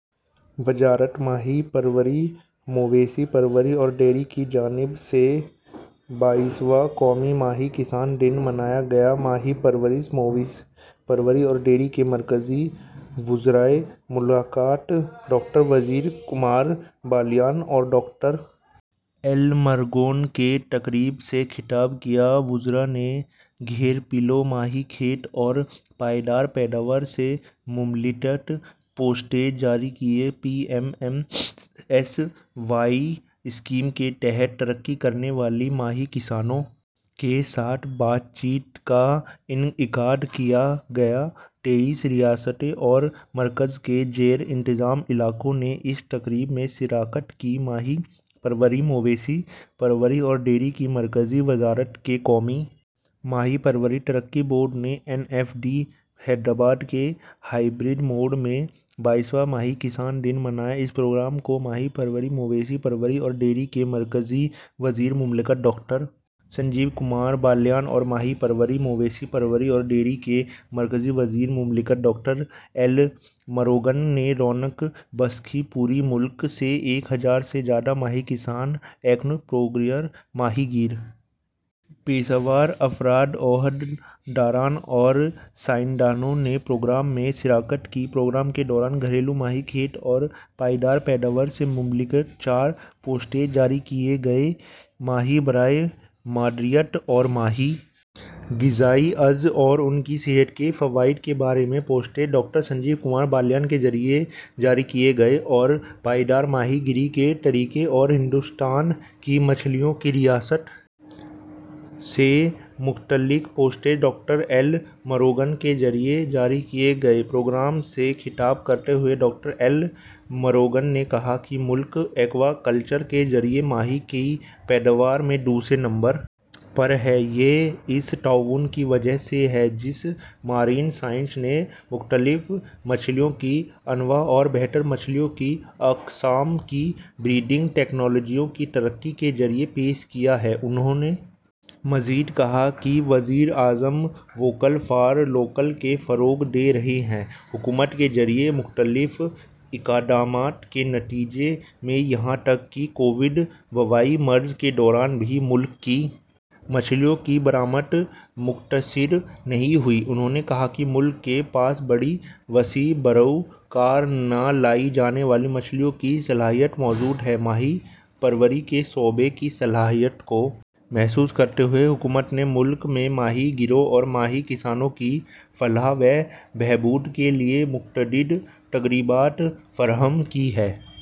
وزارت ماہی پروری مویشی پروری اور ڈیری کی جانب سے بائیسواں قومی ماہی کسان دن منایا گیا ماہی پروری مویشی پروری اور ڈیری کے مرکزی وزرائے مملکت ڈاکٹر سنجیو کمار بالیان اور ڈاکٹر ایل مروگن نے تقریب سے خطاب کیا وزرا نے گھریلو ماہی کھپت اور پائیدار پیداوار سے متعلق پوسٹرز جاری کیے P M M S Y scheme کے تحت ترقی کرنے والے ماہی کسانوں کے ساتھ بات چیت کا انعقاد کیا گیا تیس ریاستوں اور مرکز کے زیر انتظام علاقوں نے اس تقریب میں شرکت کی ماہی پروری مویشی پروری اور ڈیری کی مرکزی وزارت کے قومی ماہی پروری ترقی بورڈ نے N F D B Hyderabad میں ہائبرڈ موڈ میں بائیسواں ماہی کسان دن منایا اس پروگرام کو ماہی پروری مویشی پروری اور ڈیری کے مرکزی وزیر مملکت ڈاکٹر سنجیو کمار بالیان اور ماہی پروری مویشی پروری اور ڈیری کے مرکزی وزیر مملکت ڈاکٹر ایل مروگن نے رونق بخشی پورے ملک سے ایک ہزار سے زیادہ ماہی کسان ایکوا پرینیور ماہی گیر پیشہ ور افراد عہدے داران اور سائنسدانوں نے پروگرام میں شرکت کی پروگرام کے دوران گھریلو ماہی کھپت اور پائیدار پیداوار سے متعلق چار پوسٹرز جاری کیے گئے ماہی برائے مادریت اور ماہی غذائی اجزا اور ان کی صحت کے فوائد کے بارے میں پوسٹرز ڈاکٹر سنجیو کمار بالیان کے ذریعہ جاری کیے گئے اور پائیدار ماہی گیری کے طریقے اور ہندوستان کی مچھلیوں کی ریاست سے متعلق پوسٹرز ڈاکٹر ایل مروگن کے ذریعہ جاری کیے گئے پروگرام سے خطاب کرتے ہوئے ڈاکٹر ایل مروگن نے کہا کہ ملک ایکوا کلچر کے ذریعہ ماہی کی پیداوار میں دوسرے نمبر پر ہے یہ اس تعاون کی وجہ سے ہے جسے ماہرین سائنس نے مختلف مچھلیوں کی انواع اور بہتر مچھلیوں کی اقسام کی بریڈنگ ٹیکنالوجیوں کی ترقی کے ذریعہ پیش کیا ہے انہوں نے مزید کہا کہ وزیر اعظم ووکل فار لوکل کو فروغ دے رہے ہیں حکومت کے ذریعہ مختلف اقدامات کے نتیجے میں یہاں تک کہ کووڈ وبائی مرض کے دوران بھی ملک کی مچھلیوں کی برآمدات متاثر نہیں ہوئی انہوں نے کہا کہ ملک کے پاس بڑی وسیع بروئے کار نہ لائی جانے والی مچھلیوں کی صلاحیت موجود ہے ماہی پروری کے شعبے کی صلاحیت کو محسوس کرتے ہوئے حکومت نے ملک میں ماہی گیروں اور ماہی کسانوں کی فلاح و بہبود کے لیے متعدد ترغیبات فراہم کی ہیں